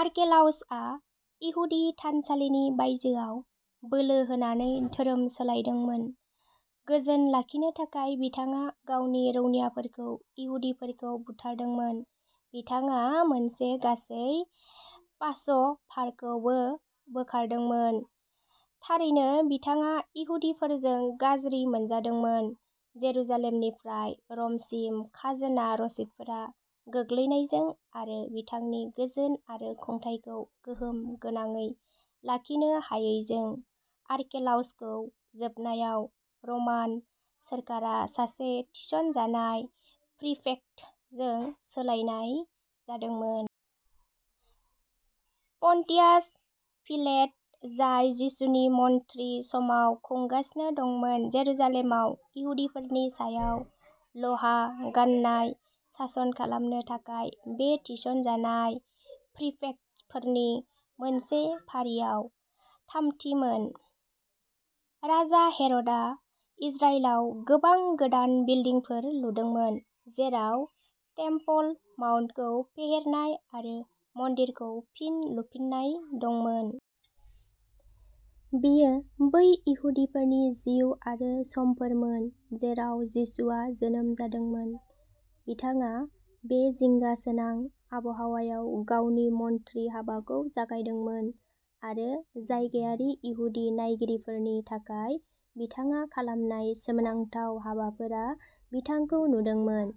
आर्केलाउसआ इहुदि थानसालिनि बायजोयाव बोलो होनानै धोरोम सोलायदोंमोन। गोजोन लाखिनो थाखाय, बिथाङा गावनि रौनियाफोरखौ इहुदिफोरखौ बुथारदोंमोन। बिथाङा मोनसे गासै पास'भारखौबो बोखारदोंमोन! थारैनो, बिथाङा इहुदिफोरजों गाज्रि मोनजादोंमोन। जेरुसालेमनिफ्राय र'मसिम खाजोना रसिदफोरा गोग्लैनायजों आरो बिथांनि गोजोन आरो खुंथायखौ गोहोम गोनाङै लाखिनो हायैजों, आर्केलाउसखौ जोबनायाव रमान सोरखारा सासे थिसनजानाय प्रिफेक्टजों सोलायनाय जादोंमोन। पन्टियास पिलेट, जाय जिसुनि मन्थ्रि समाव खुंगासिनो दंमोन, जेरुसालेमाव इहुदिफोरनि सायाव लहा-गाननाय सासन खालामनो थाखाय बे थिसनजानाय प्रिफेक्टफोरनि मोनसे फारियाव थामथिमोन। राजा हेर'डआ इजराइलाव गोबां गोदान बिल्डिंफोर लुदोंमोन, जेराव टेम्पल माउन्टखौ फेहेरनाय आरो मन्दिरखौ फिन लुफिननाय दंमोन। बेयो बै इहुदिफोरनि जिउ आरो समफोरमोन जेराव जिसुआ जोनोम जादोंमोन। बिथाङा बे जिंगासोनां आबहावायाव गावनि मन्थ्रि हाबाखौ जागायदोंमोन, आरो जायगायारि इहुदि नायगिरिफोरनि थाखाय बिथाङा खालामनाय सोमोनांथाव हाबाफोरा बिथांखौ नुदोंमोन,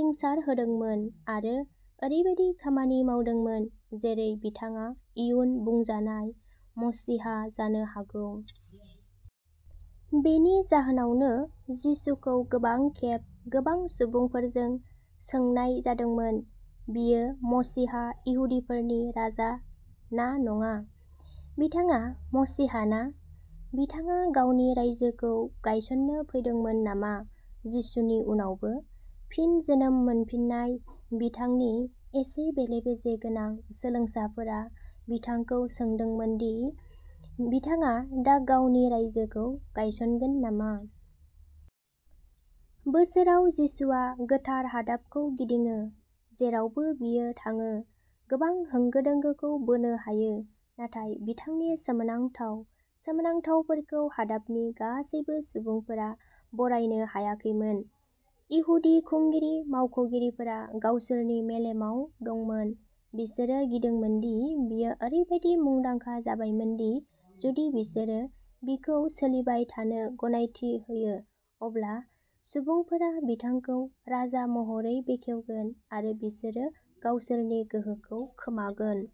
रिंसारहोदोंमोन आरो ओरैबायदि खामानि मावदोंमोन जेरै बिथाङा इयुन बुंजानाय मसीहा जानो हागौ। बेनि जाहोनावनो जिसुखौ गोबां खेब, गोबां सुबुंफोरजों सोंनाय जादोंमोन, बियो मसीहा, इहुदिफोरनि राजा ना नङा। बिथाङा मसीहा ना? बिथाङा गावनि रायजोखौ गायसननो फैदोंमोन नामा? जिसुनि उनावबो? फिन जोनोम मोनफिन्नाय, बिथांनि एसे बेले-बेजे गोनां सोलोंसाफोरा बिथांखौ सोंदोंमोन दि बिथाङा दा गावनि "रायजो" खौ गायसनगोन नामा। बोसोराव जिसुआ गोथार हादाबखौ गिदिङो, जेरावबो बियो थाङो गोबां होंगो-दोंगोखौ बोनो हायो। नाथाय बिथांनि सोमोनांथाव सोमोनांथावफोरखौ हादाबनि गासैबो सुबुंफोरा बरायनो हायाखैमोन। इहुदि खुंगिरि मावख'गिरिफोरा गावसोरनि मेलेमाव दंमोन। बिसोरो गिदोंमोन दि बियो ओरैबायदि मुंदांखा जाबायमोन दि जुदि बिसोरो बिखौ सोलिबाय थानो गनायथि होयो, अब्ला सुबुंफोरा बिथांखौ राजा महरै बेखेवगोन आरो बिसोरो गावसोरनि गोहोखौ खोमागोन।